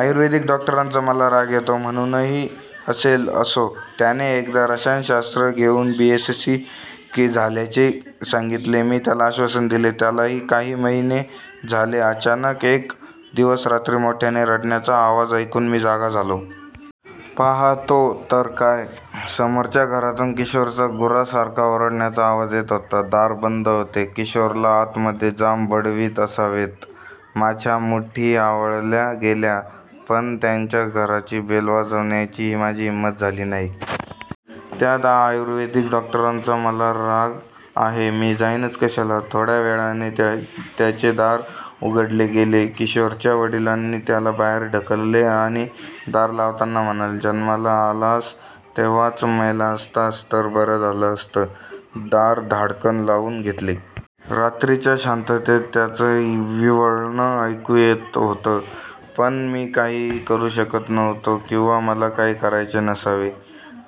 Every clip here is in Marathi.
आयुर्वेदिक डॉक्टरांचा मला राग येतो म्हणूनही असेल. असो. त्याने एकदा रसायनशास्त्र घेऊन बी. एससी. झाल्याचे सांगितले. मी त्याला आश्वासन दिले त्यालाही काही महिने झाले. अचानक एक दिवस रात्री मोठयाने रडण्याचा आवाज ऐकून मी जागा झालो. पाहातो तर काय, समोरच्या घरातून किशोरचा गुरासारखा ओरडण्याचा आवाज येत होता. दार बंद होते. किशोरला आत मध्ये जाम बडवीत असावेत. माझ्या मुठी आवळल्या गेल्या. पण त्यांच्या घराची बेल वाजवण्याची माझी हिंमत झाली नाही. त्यात आयुर्वेदिक डॉक्टरांचा मला राग आहे. मी जाईनच कशाला. थोड्यावेळाने त्याचे दार उघडले गेले. किशोरच्या वडिलांनी त्याला बाहेर ढकलले आणि दार लावताना म्हणाले. "जन्माला आलास तेव्हाच मेला असतास तर बरं झालं असतं. दार धाडकन लावून घेतले. रात्रीच्या शांततेत त्याचं विव्हळणं ऐकू येत होतं. पण मी काहीही करू शकत नव्हतो किंवा मला काही करायचे नसावे.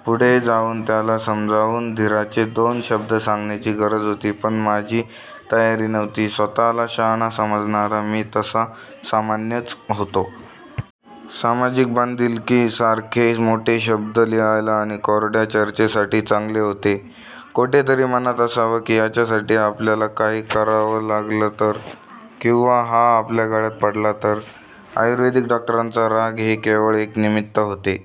पुढे जाऊन त्याला समजाऊन धीराचे दोन शब्द सांगण्याची गरज होती. पण माझी तयारी नव्हती. स्वतःला शहाणा समजणारा मी तसा सामान्यच होतो. सामाजिक बांधिलकी सारखे मोठे शब्द लिहायला आणि कोरड्या चर्चेसाठी चांगले होते. कोठेतरी मनात असावं की याच्यासाठी आपल्याला काही करावं लागलं तर? किंवा हा आपल्या गळ्यात पडला तर? आयुर्वेदिक डॉक्टरांचा राग हे केवळ एक निमित्त होतं.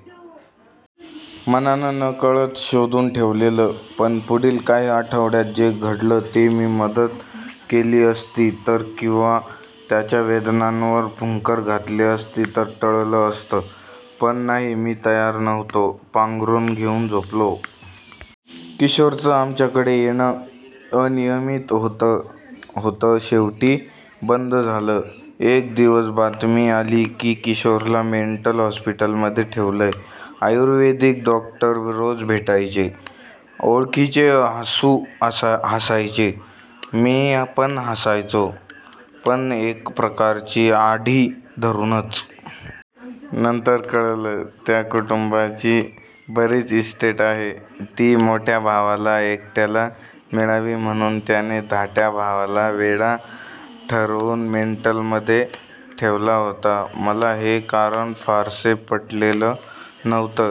मनानं नकळत शोधून ठेवलेलं. पण पुढिल काही आठवड्यांत जे घडलं ते मी मदत केली असती तर किंवा त्याच्या वेदनांवर फुंकर घातली असती तरी टळलं असतं. पण नाही मी तयार नव्हतो. पांघरूण घेऊन झोपलो. किशोरचं आमच्याकडे येणं अनियमित होत होत शेवटी बंद झालं. एक दिवस बातमी आली की किशोरला मेंटल हॉस्पिटलमध्ये ठेवलय. आयुर्वेदिक डॉक्टर रोज भेटायचे. ओळखीचं हासू हासायचे, मी पण हासायचो. पण एक प्रकारची आढी धरूनच. नंतर कळलं, त्या कुटुंबाची बरीच इस्टेट आहे. ती मोठ्या भावाला एकट्याला मिळावी म्हणून त्याने धाट्या भावाला वेडा ठरवून मेंटल मध्ये ठेवला होता. मला हे कारण फारसे पटलेलं नव्हतं.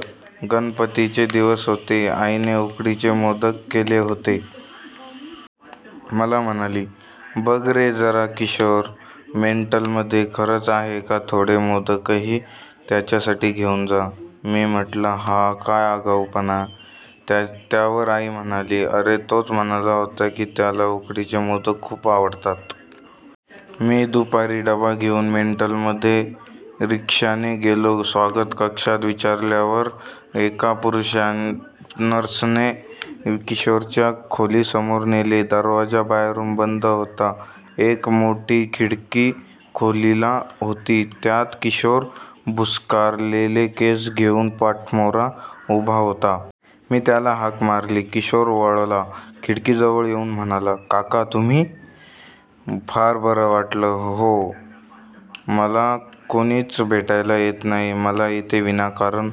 गणपतीचे दिवस होते. आईने उकडीचे मोदक केले होते. मला म्हणाली, "बघ रे जरा किशोर मेंटलमध्ये खरच आहे कां थोडे मोदकही त्याच्यासाठी घेऊन जा. " मी म्हंटलं, "हा काय आगाऊपणा? त्यावर आई म्हणाली, "अरे तोच म्हणाला होता की त्याला उकडीचे मोदक खूप आवडतात. मी दुपारी डबा घेऊन मेंटल मध्ये रिक्षाने गेलो. स्वागत कक्षात विचारल्यावर एका पुरुष नर्सने किशोरच्या खोली समोर नेले. दरवाजा बाहेरून बंद होता. एक मोठी खिडकी खोलीला होती. त्यात किशोर भुस्कारलेले केस घेऊन पाठमोरा उभा होता. मी त्याला हाक मारली. किशोर वळला. खिडकी जवळ येऊन म्हणाला, "काका, तुम्ही? " फार बरं वाटलं हो. मला कोणीच भेटायला येत नाही. मला इथे विनाकारण